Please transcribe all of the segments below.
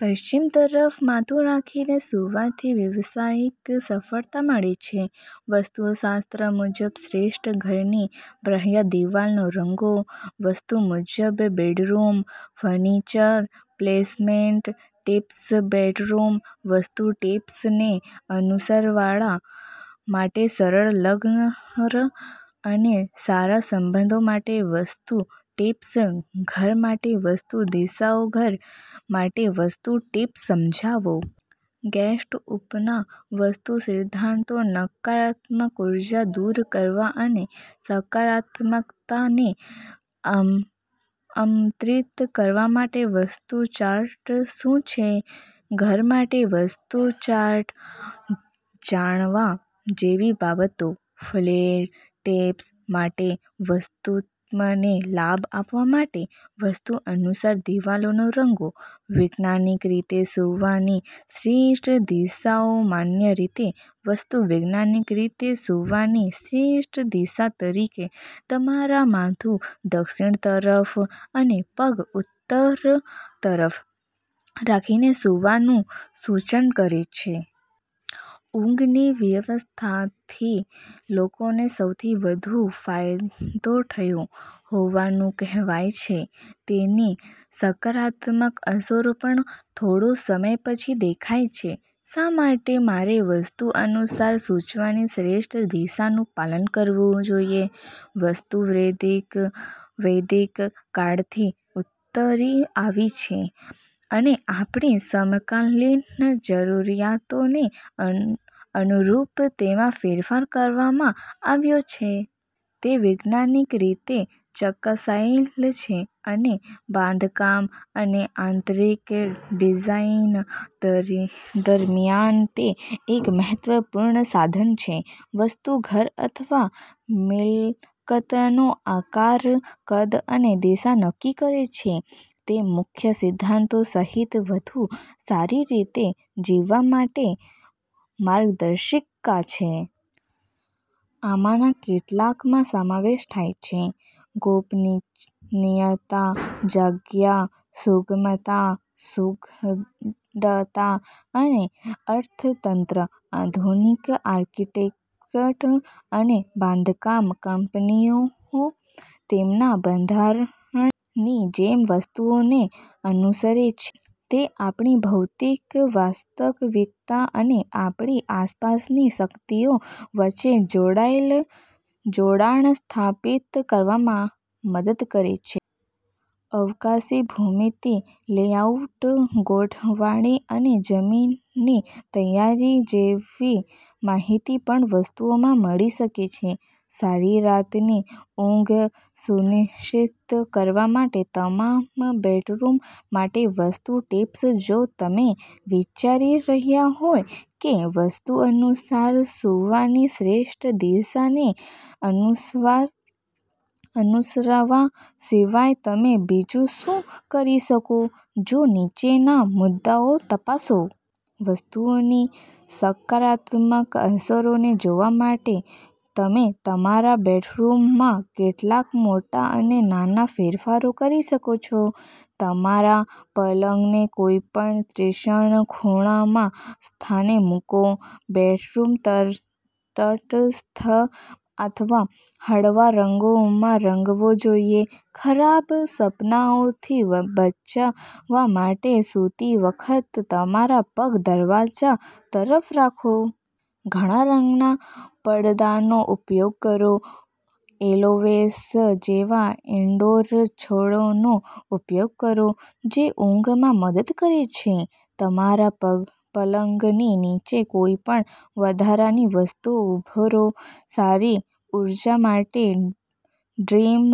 પશ્ચિમ તરફ માથું રાખીને સૂવાથી વ્યવસાયિક સફળતા મળે છે વાસ્તુશાસ્ત્ર મુજબ શ્રેષ્ઠ ઘરની બાહ્ય દિવાલના રંગો, વાસ્તુ મુજબ bedroom furniture placement tips bedroom vastu ટિપ્સને અનુસરવા માટે સરળ, લગ્ન અને સારા સંબંધો માટે વાસ્તુ ટિપ્સ, ઘર માટે વાસ્તુ દિશાઓઘર માટેવાસ્તુ ટિપ્સ અજમાવો!, ગેસ્ટ રૂમના વાસ્તુ સિદ્ધાંતો નકારાત્મક ઉર્જા દૂર કરવા અને સકારાત્મકતાને આમંત્રિત કરવા માટે, વાસ્તુ ચાર્ટ શું છે? ઘર માટે વાસ્તુ ચાર્ટ. જાણવા જેવી બાબતો., ફ્લેટ ટિપ્સ માટે વાસ્તુતમને લાભ આપવા માટે, વાસ્તુ અનુસાર દિવાલોના રંગો, વૈજ્ઞાનિક રીતે સૂવાની શ્રેષ્ઠ દિશાસામાન્ય રીતે વાસ્તુ વૈજ્ઞાનિક રીતે સૂવાની શ્રેષ્ઠ દિશા તરીકે તમારા માથું દક્ષિણ તરફ અને પગ ઉત્તર તરફ રાખીને સૂવાનું સૂચન કરે છે. ઊંઘની વ્યવસ્થાથી લોકોને સૌથી વધુ ફાયદો થયો હોવાનું કહેવાય છે. તેની સકારાત્મક અસરો પણ થોડા સમય પછી દેખાય છે. શા માટે મારે વાસ્તુ અનુસાર સૂવાની શ્રેષ્ઠ દિશાનું પાલન કરવું જોઈએ? વાસ્તુ વૈદિક કાળથી ઉતરી આવી છે અને આપણી સમકાલીન જરૂરિયાતોને અનુરૂપ તેમાં ફેરફાર કરવામાં આવ્યો છે. તે વૈજ્ઞાનિક રીતે ચકાસાયેલ છે અને બાંધકામ અને આંતરીક ડિઝાઇન દરમિયાન તે એક મહત્વપૂર્ણ સાધન છે. વાસ્તુ ઘર અથવા મિલકતનો આકાર, કદ અને દિશા નક્કી કરે છે. તે મુખ્ય સિદ્ધાંતો સહિત વધુ સારી રીતે જીવવા માટેની માર્ગદર્શિકા છે. આમાંના કેટલાકમાં સમાવેશ થાય છે- ગોપનીયતા, જગ્યા, સુગમતા, સુઘડતા અને અર્થતંત્ર. આધુનિક આર્કિટેક્ટ અને બાંધકામ કંપનીઓ તેમના બંધારણની જેમ વાસ્તુને અનુસરે છે. તે આપણી ભૌતિક વાસ્તવિકતા અને આપણી આસપાસની શક્તિઓ વચ્ચે જોડાણ સ્થાપિત કરવામાં મદદ કરે છે. અવકાશી ભૂમિતિ, લેઆઉટ, ગોઠવણી અને જમીનની તૈયારી જેવી માહિતી પણ વાસ્તુમાં મળી શકે છે. સારી રાતની ઊંઘ સુનિશ્ચિત કરવા માટે તમારા બેડરૂમ માટે વાસ્તુ ટિપ્સ જો તમે વિચારી રહ્યા હોવ કે વાસ્તુ અનુસાર સૂવાની શ્રેષ્ઠ દિશાને અનુસરવા સિવાય તમે બીજું શું કરી શકો, તો નીચેના મુદ્દાઓ તપાસો. વાસ્તુની સકારાત્મક અસરોને જોવા માટે તમે તમારા બેડરૂમમાં કેટલાક મોટા અને નાના ફેરફારો કરી શકો છો. તમારા પલંગને કોઈપણ તીક્ષ્ણ ખૂણાઓ સાથેમૂકો. બેડરૂમ તટસ્થ અથવા હળવા રંગોમાં રંગવો જોઈએ. ખરાબ સપનાઓથી બચવા માટે સૂતી વખતે તમારા પગ દરવાજા તરફરાખો. ઘાટા રંગના પડદાનો ઉપયોગ કરો. એલોવેરા જેવા ઇન્ડોર છોડનો ઉપયોગ કરો જે ઊંઘમાં મદદ કરે છે. તમારા પલંગની નીચે કોઈપણ વધારાની વસ્તુઓભરો. સારી ઉર્જા માટે ડ્રીમ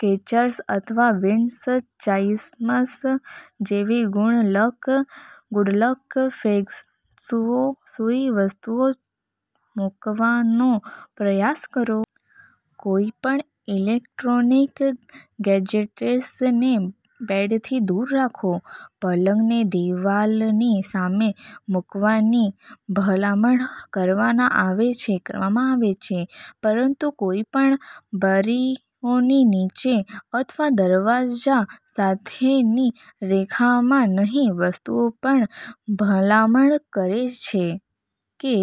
કેચર્સ અથવા વિન્ડ ચાઇમ્સ જેવી ગુડ લક ફેંગશુઇ વસ્તુઓ મૂકવાનો પ્રયાસ કરો. કોઈપણ ઈલેક્ટ્રોનિક ગેજેટ્સને બેડથી દૂર રાખો. પલંગને દિવાલની સામે મૂકવાની ભલામણ કરવામાં આવે છે, પરંતુ કોઈપણ બારીઓની નીચે અથવા દરવાજા સાથેની રેખામાં નહીં. વાસ્તુપણ ભલામણ કરે છે કે